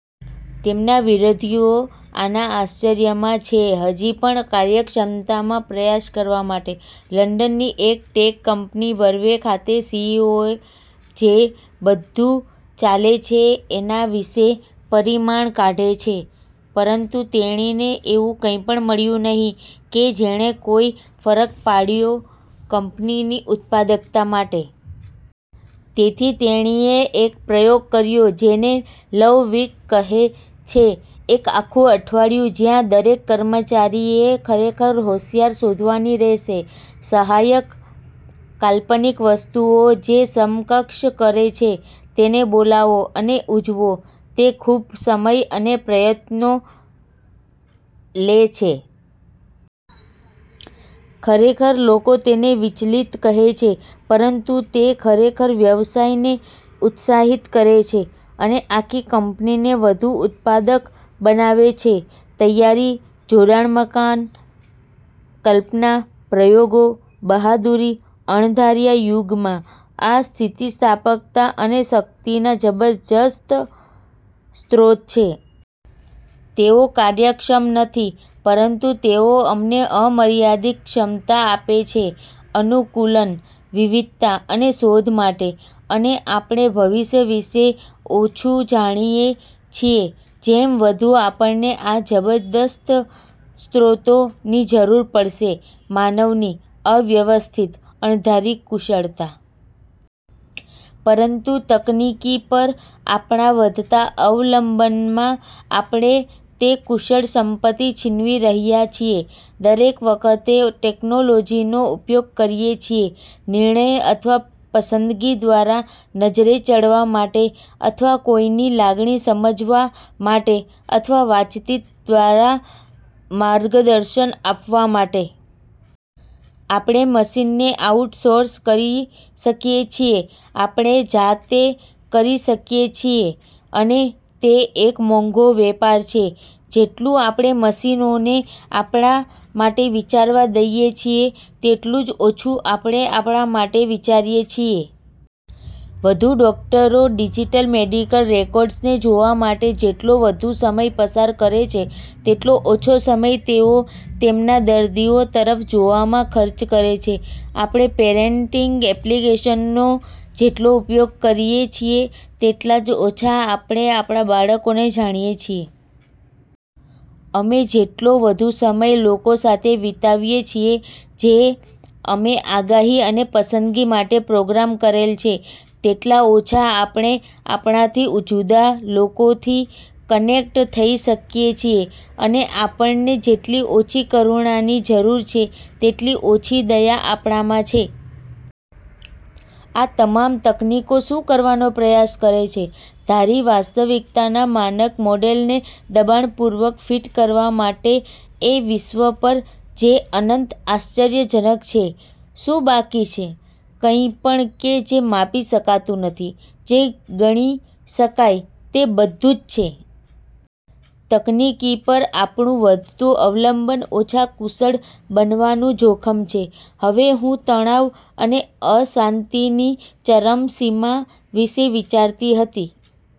તેમના વિરોધીઓ આના આશ્ચર્યમાં છે હજી પણ કાર્યક્ષમતામાં પ્રયાસ કરવા માટે. લંડનની એક ટેક કંપની વર્વે ખાતે સી.ઇ.ઓ જે બધું ચાલે છે એના વિશે પરિમાણ કાઢે છે પરંતુ તેણીને એવું કંઈપણ મળ્યું નહીં કે જેણે કોઈ ફરક પાડ્યો કંપનીની ઉત્પાદકતા માટે. તેથી તેણીએ એક પ્રયોગ કર્યો જેને "લવ વીક" કહે છે. એક આખું અઠવાડિયું જ્યાં દરેક કર્મચારીએ ખરેખર હોંશિયાર શોધવાની રહેશે, સહાયક, કાલ્પનિક વસ્તુઓ જે સમકક્ષ કરે છે. તેને બોલાવો અને ઉજવો. તે ખૂબ સમય અને પ્રયત્નો લે છે. ઘણા લોકો તેને વિચલિત કહે છે પરંતુ તે ખરેખર વ્યવસાયને ઉત્સાહિત કરે છે અને આખી કંપનીને વધુ ઉત્પાદક બનાવે છે. તૈયારી, જોડાણ-મકાન, કલ્પના, પ્રયોગો, બહાદુરી, અણધાર્યા યુગમાં, આ સ્થિતિસ્થાપકતા અને શક્તિના જબરદસ્ત સ્રોત છે. તેઓ કાર્યક્ષમ નથી પરંતુ તેઓ અમને અમર્યાદિત ક્ષમતા આપે છે અનુકૂલન, વિવિધતા અને શોધ માટે અને આપણે ભવિષ્ય વિશે ઓછું જાણીએ છીએ જેમ વધુ આપણને આ જબરદસ્ત સ્ત્રોતોની જરૂર પડશે માનવની, અવ્યવસ્થિત, અણધારી કુશળતા. પરંતુ તકનીકી પર આપણાં વધતા અવલંબનમાં આપણે તે કુશળ સંપત્તિ છીનવી રહ્યા છીએ. દરેક વખતે ટેકનોલોજીનો ઉપયોગ કરીએ છીએ નિર્ણય અથવા પસંદગી દ્વારા નજરે ચડવા માટે અથવા કોઈની લાગણી સમજવા માટે અથવા વાતચીત દ્વારા માર્ગદર્શન આપવા માટે. આપણે મશીનને આઉટસોર્સ કરી શકીએ છીએ, આપણે જાતે કરી શકીએ છીએ અને તે એક મોંઘો વેપાર છે. જેટલું આપણે મશીનોને આપણા માટે વિચારવા દઈએ છીએ, તેટલું જ ઓછું આપણે આપણા માટે વિચારીએ છીએ. વધુ ડોકટરો ડિજિટલ મેડિકલ રેકોર્ડ્સને જોવા માટે જેટલો વધુ સમય પસાર કરે છે, તેટલો ઓછો સમય તેઓ તેમના દર્દીઓ તરફ જોવામાં ખર્ચ કરે છે. આપણે પેરેંટિંગ એપ્લિકેશનનો જેટલો ઉપયોગ કરીએ છીએ, તેટલા જ ઓછા આપણે આપણા બાળકોને જાણીએ છીએ. અમે જેટલો વધુ સમય લોકો સાથે વિતાવીએ છીએ જે અમે આગાહી અને પસંદગી માટે પ્રોગ્રામ કરેલ છે, તેટલા ઓછા આપણે આપણાથી જુદા લોકોથી કનેક્ટ થઈ શકીએ છીએ. અને આપણને જેટલી ઓછી કરુણાની જરૂર છે, તેટલી ઓછી દયા આપણામાં છે. આ તમામ તકનીકો શું કરવાનો પ્રયાસ કરે છે ધારી વાસ્તવિકતાના માનક મોડેલને દબાણપૂર્વક ફિટ કરવા માટે એ વિશ્વ પર જે અનંત આશ્ચર્યજનક છે. શું બાકી છે? કંઈ પણ કે જે માપી શકાતું નથી, જે ગણી શકાય તે બધું જ છે. તકનીકી પર આપણું વધતું અવલંબન ઓછા કુશળ બનવાનું જોખમ છે. હવે, હું તણાવ અને અશાંતિની ચરમસીમા વિશે વિચારતી હતી.